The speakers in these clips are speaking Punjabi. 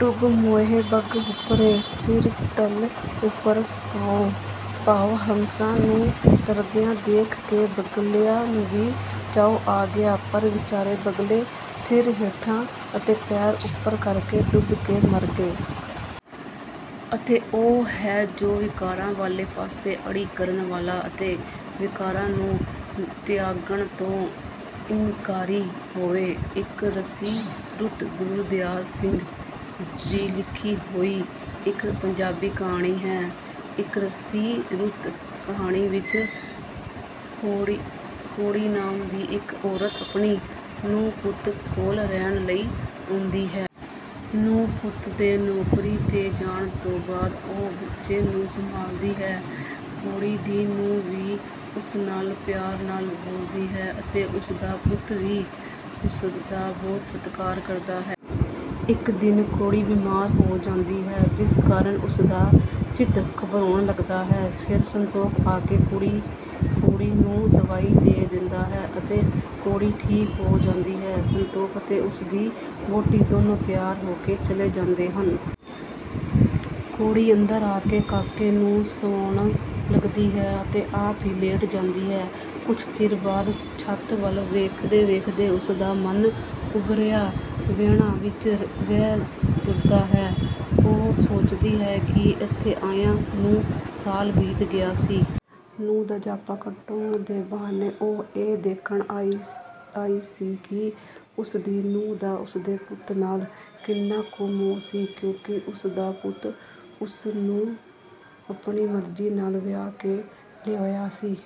ਡੁਬਿ ਮੁਏ ਬਗੁ ਬਪੁੜੇ ਸਿਰੁ ਤਲਿ ਉਪਰਿ ਪਾਉ॥” ਭਾਵ ਹੰਸਾਂ ਨੂੰ ਤਰਦਿਆਂ ਦੇਖ ਕੇ ਬਗਲਿਆਂ ਨੂੰ ਵੀ ਚਾਉ ਆ ਗਿਆ, ਪਰ ਵਿਚਾਰੇ ਬਗਲੇ ਸਿਰ ਹੇਠਾਂ ਅਤੇ ਪੈਰ ਉੱਪਰ ਕਰਕੇ ਡੁੱਬ ਕੇ ਮਰ ਗਏ। ਅਤੇ ਉਹ ਹੈ ਜੋ ਵਿਕਾਰਾਂ ਵਾਲੇ ਪਾਸੇ ਅੜੀ ਕਰਨ ਵਾਲਾ ਅਤੇ ਵਿਕਾਰਾਂ ਨੂੰ ਤਿਆਗਣ ਤੋਂ ਇਨਕਾਰੀ ਹੋਵੇ। ‘ਇੱਕਰਸੀ ਰੁੱਤ’ ਗੁਰਦਿਆਲ ਸਿੰਘ ਦੀ ਲਿਖੀ ਹੋਈ ਇੱਕ ਪੰਜਾਬੀ ਕਹਾਣੀ ਹੈ। ‘ਇੱਕਰਸੀ ਰੁੱਤ’ ਕਹਾਣੀ ਵਿੱਚ ਕੌੜੀ ਨਾਮ ਦੀ ਇੱਕ ਔਰਤ ਆਪਣੀ ਨੂੰਹ-ਪੁੱਤ ਕੋਲ ਰਹਿਣ ਲਈ ਆਉਂਦੀ ਹੈ। ਨੂੰਹ-ਪੁੱਤ ਦੇ ਨੌਕਰੀ ’ਤੇ ਜਾਣ ਤੋਂ ਬਾਅਦ ਉਹ ਬੱਚੇ ਨੂੰ ਸੰਭਾਲਦੀ ਹੈ। ਕੌੜੀ ਦੀ ਨੂੰਹ ਵੀ ਉਸ ਨਾਲ ਪਿਆਰ ਨਾਲ ਬੋਲਦੀ ਹੈ ਅਤੇ ਉਸ ਦਾ ਪੁੱਤ ਵੀ ਉਸ ਦਾ ਬਹੁਤ ਸਤਿਕਾਰ ਕਰਦਾ ਹੈ। ਇੱਕ ਦਿਨ ਕੌੜੀ ਬੀਮਾਰ ਹੋ ਜਾਂਦੀ ਹੈ, ਜਿਸ ਕਾਰਨ ਉਸ ਦਾ ਚਿੱਤ ਘਬਰਾਉਣ ਲੱਗਦਾ ਹੈ। ਫਿਰ ਸੰਤੋਖ ਆ ਕੇ ਕੌੜੀ ਨੂੰ ਦਵਾਈ ਦੇ ਦਿੰਦਾ ਹੈ ਅਤੇ ਕੌੜੀ ਠੀਕ ਹੋ ਜਾਂਦੀ ਹੈ। ਸੰਤੋਖ ਅਤੇ ਉਸ ਦੀ ਵਹੁਟੀ ਦੋਨੋਂ ਤਿਆਰ ਹੋ ਕੇ ਚਲੇ ਜਾਂਦੇ ਹਨ। ਕੌੜੀ ਅੰਦਰ ਆ ਕੇ ਕਾਕੇ ਨੂੰ ਸਵਾਉਣ ਲੱਗਦੀ ਹੈ ਅਤੇ ਆਪ ਵੀ ਲੇਟ ਜਾਂਦੀ ਹੈ। ਕੁਝ ਚਿਰ ਬਾਅਦ ਛੱਤ ਵੱਲ ਵੇਖਦੇ-ਵੇਖਦੇ ਉਸ ਦਾ ਮਨ ਓਬਰਿਆਂ ਵਹਿਣਾਂ ਵਿੱਚ ਵਹਿ ਤੁਰਦਾ ਹੈ। ਉਹ ਸੋਚਦੀ ਹੈ ਕਿ ਇੱਥੇ ਆਇਆਂ ਨੂੰ ਸਾਲ ਬੀਤ ਗਿਆ ਸੀ। ਨੂੰਹ ਦਾ ਜਾਪਾ ਕਟਾਉਣ ਦੇ ਬਹਾਨੇ ਉਹ ਇਹ ਦੇਖਣ ਆਈ ਸੀ ਕਿ ਉਸ ਦੀ ਨੂੰਹ ਦਾ ਉਸ ਦੇ ਪੁੱਤ ਨਾਲ ਕਿੰਨਾ ਕੁ ਮੋਹ ਸੀ, ਕਿਉਂਕਿ ਉਸ ਦਾ ਪੁੱਤ ਉਸ ਨੂੰ ਆਪਣੀ ਮਰਜ਼ੀ ਨਾਲ ਵਿਆਹ ਕੇ ਲਿਆਇਆ ਸੀ।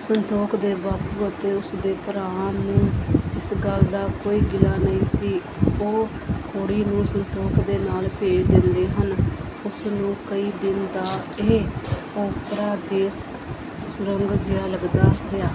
ਸੰਤੋਖ ਦੇ ਬਾਪੂ ਅਤੇ ਉਸ ਦੇ ਭਰਾ ਨੂੰ ਇਸ ਗੱਲ ਦਾ ਕੋਈ ਗਿਲਾ ਨਹੀਂ ਸੀ। ਉਹ ਕੌੜੀ ਨੂੰ ਸੰਤੋਖ ਦੇ ਨਾਲ ਭੇਜ ਦਿੰਦੇ ਹਨ। ਉਸ ਨੂੰ ਕਈ ਦਿਨ ਤਾਂ ਇਹ ‘ਓਪਰਾ ਦੇਸ’ ਸੁਰੰਗ ਜਿਹਾ ਲੱਗਦਾ ਰਿਹਾ।